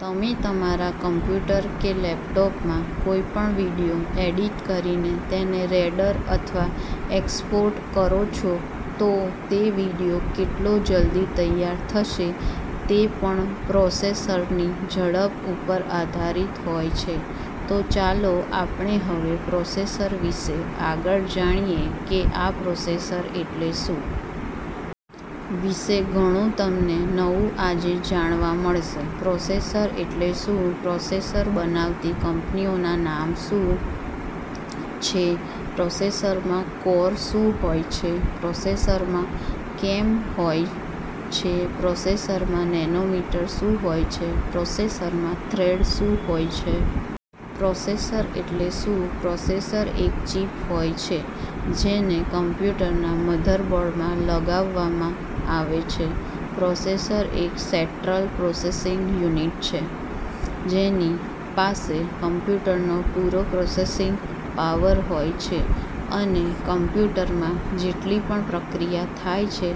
તમે તમારા કમ્પ્યુટર કે લેપટોપમાં કોઈ પણ વિડિયો એડિટ કરીને તેને રેંડર અથવા એક્સપોર્ટ કરો છો તો તે વિડિયો કેટલો જલ્દી તૈયાર થશે તે પણ પ્રોસેસરની ઝડપ ઉપર આધારિત હોય છે. તો ચાલો આપણે હવે પ્રોસેસર વિશે આગળ જાણીએ કે આ પ્રોસેસર એટલે શું? વિશે ઘણું તમને નવું આજે જાણવા મળશે. પ્રોસેસર એટલે શું? – પ્રોસેસર બનાવતી કંપનીઓના નામ શું છે? પ્રોસેસરમાં કોર શું હોય છે? પ્રોસેસરમાં કેમ હોય છે? પ્રોસેસરમાં નેનોમીટર શું હોય છે? પ્રોસેસરમાં થ્રેડ શું હોય છે? પ્રોસેસર એટલે શું? – પ્રોસેસર એક ચિપ હોય છે જેને કમ્પ્યુટરના મધરબોર્ડમાં લગાવવામાં આવે છે, પ્રોસેસર એક "સેટ્રલ પ્રોસેસિંગ યુનિટ" છે જેની પાસે કમ્પ્યુટરનો પૂરો પ્રોસેસિંગ પાવર હોય છે અને કમ્પ્યુટરમાં જેટલી પણ પ્રક્રિયા થાય છે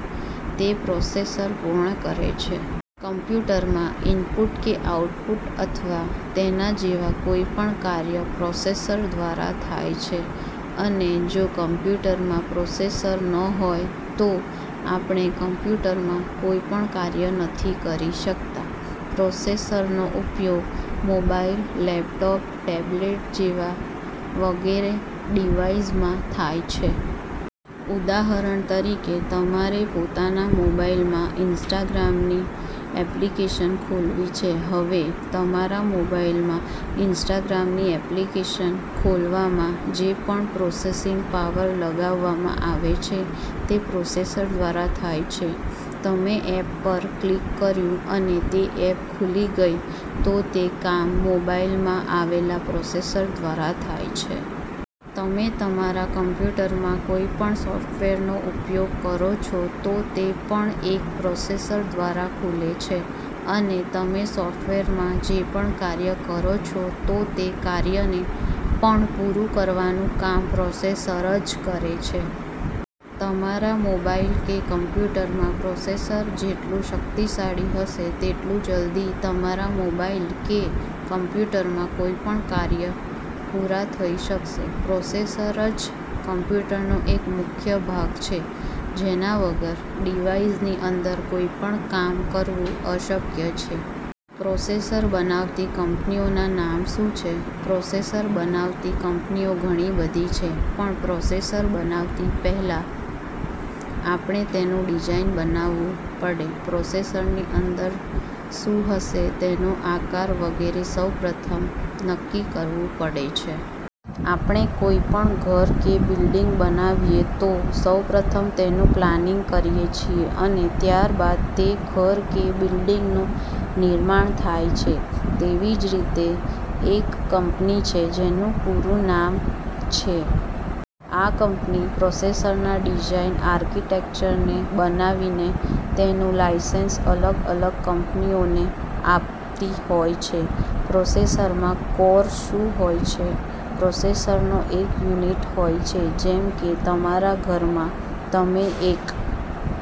તેને પ્રોસેસર પૂર્ણ કરે છે. કમ્પ્યુટરમાં ઈનપુટ કે આઉટપુટ અથવા તેના જેવા કોઈ પણ કાર્ય પ્રોસેસર દ્વારા થાય છે અને જો કમ્પ્યુટરમાં પ્રોસેસર ન હોય તો આપણે કમ્પ્યુટરમાં કોઈ પણ કાર્ય નથી કરી શકતા. પ્રોસેસરનો ઉપયોગ મોબાઇલ, લેપટોપ, ટેબલેટ જેવા વગેરે ડિવાઇસમાં થાય છે. ઉદાહરણ તરીકે તમારે પોતાના મોબાઇલમાં ઇન્સ્ટાગ્રામની એપ્લિકેશન ખોલવી છે, હવે તમારા મોબાઇલમાં ઇન્સ્ટાગ્રામની એપ્લિકેશન ખોલવામાં જે પણ પ્રોસેસિંગ પાવર લગાવવામાં આવે છે તે પ્રોસેસર દ્વારા થાય છે. તમે એપ પર ક્લિક કર્યું અને તે એપ ખૂલી ગઈ તો તે કામ મોબાઇલમાં આવેલા પ્રોસેસર દ્વારા થાય છે. તમે તમારા કમ્પ્યુટરમાં કોઈ પણ સોફ્ટવેરનો ઉપયોગ કરો છો તો તે પણ એક પ્રોસેસર દ્વારા ખૂલે છે અને તમે સોફ્ટવેરમાં જે પણ કાર્ય કરો છો તો તે કાર્યને પણ પૂરું કરવાનું કામ પ્રોસેસર જ કરે છે. તમારા મોબાઇલ કે કમ્પ્યુટરમાં પ્રોસેસર જેટલું શક્તિશાળી હશે તેટલું જલ્દી તમારા મોબાઇલ કે કમ્પ્યુટરમાં કોઈ પણ કાર્ય પૂરા થઈ શકશે. પ્રોસેસર જ કમ્પ્યુટરનો એક મુખ્ય ભાગ છે જેના વગર ડિવાઇસની અંદર કોઈ પણ કામ કરવું અશક્ય છે. પ્રોસેસર બનાવતી કંપનીઓના નામ શું છે? પ્રોસેસર બનાવતી કંપનીઓ ઘણી બધી છે પણ પ્રોસેસર બનાવતી પહેલા આપણે તેનું ડિઝાઇન બનાવવું પડે, પ્રોસેસરની અંદર શું હશે, તેનો આકાર વગેરે સૌપ્રથમ નક્કી કરવું પડે છે. આપણે કોઈ પણ ઘર કે બિલ્ડીંગ બનાવીએ તો સૌપ્રથમ તેનું પ્લાનિંગ કરીએ છીએ અને ત્યારબાદ તે ઘર કે બિલ્ડીંગનું નિર્માણ થાય છે. તેવી જ રીતે એક કંપની છે જેનું પૂરું નામ "" છે. આ કંપની પ્રોસેસરના ડિઝાઇન, આર્કિટેક્ચરને બનાવીને તેનું લાઈસેન્સ અલગ-અલગ કંપનીઓને આપતી હોય છે. પ્રોસેસરમાં કોર શું હોય છે? પ્રોસેસરનો એક યુનિટ હોય છે જેમ કે તમારા ઘરમાં તમે એક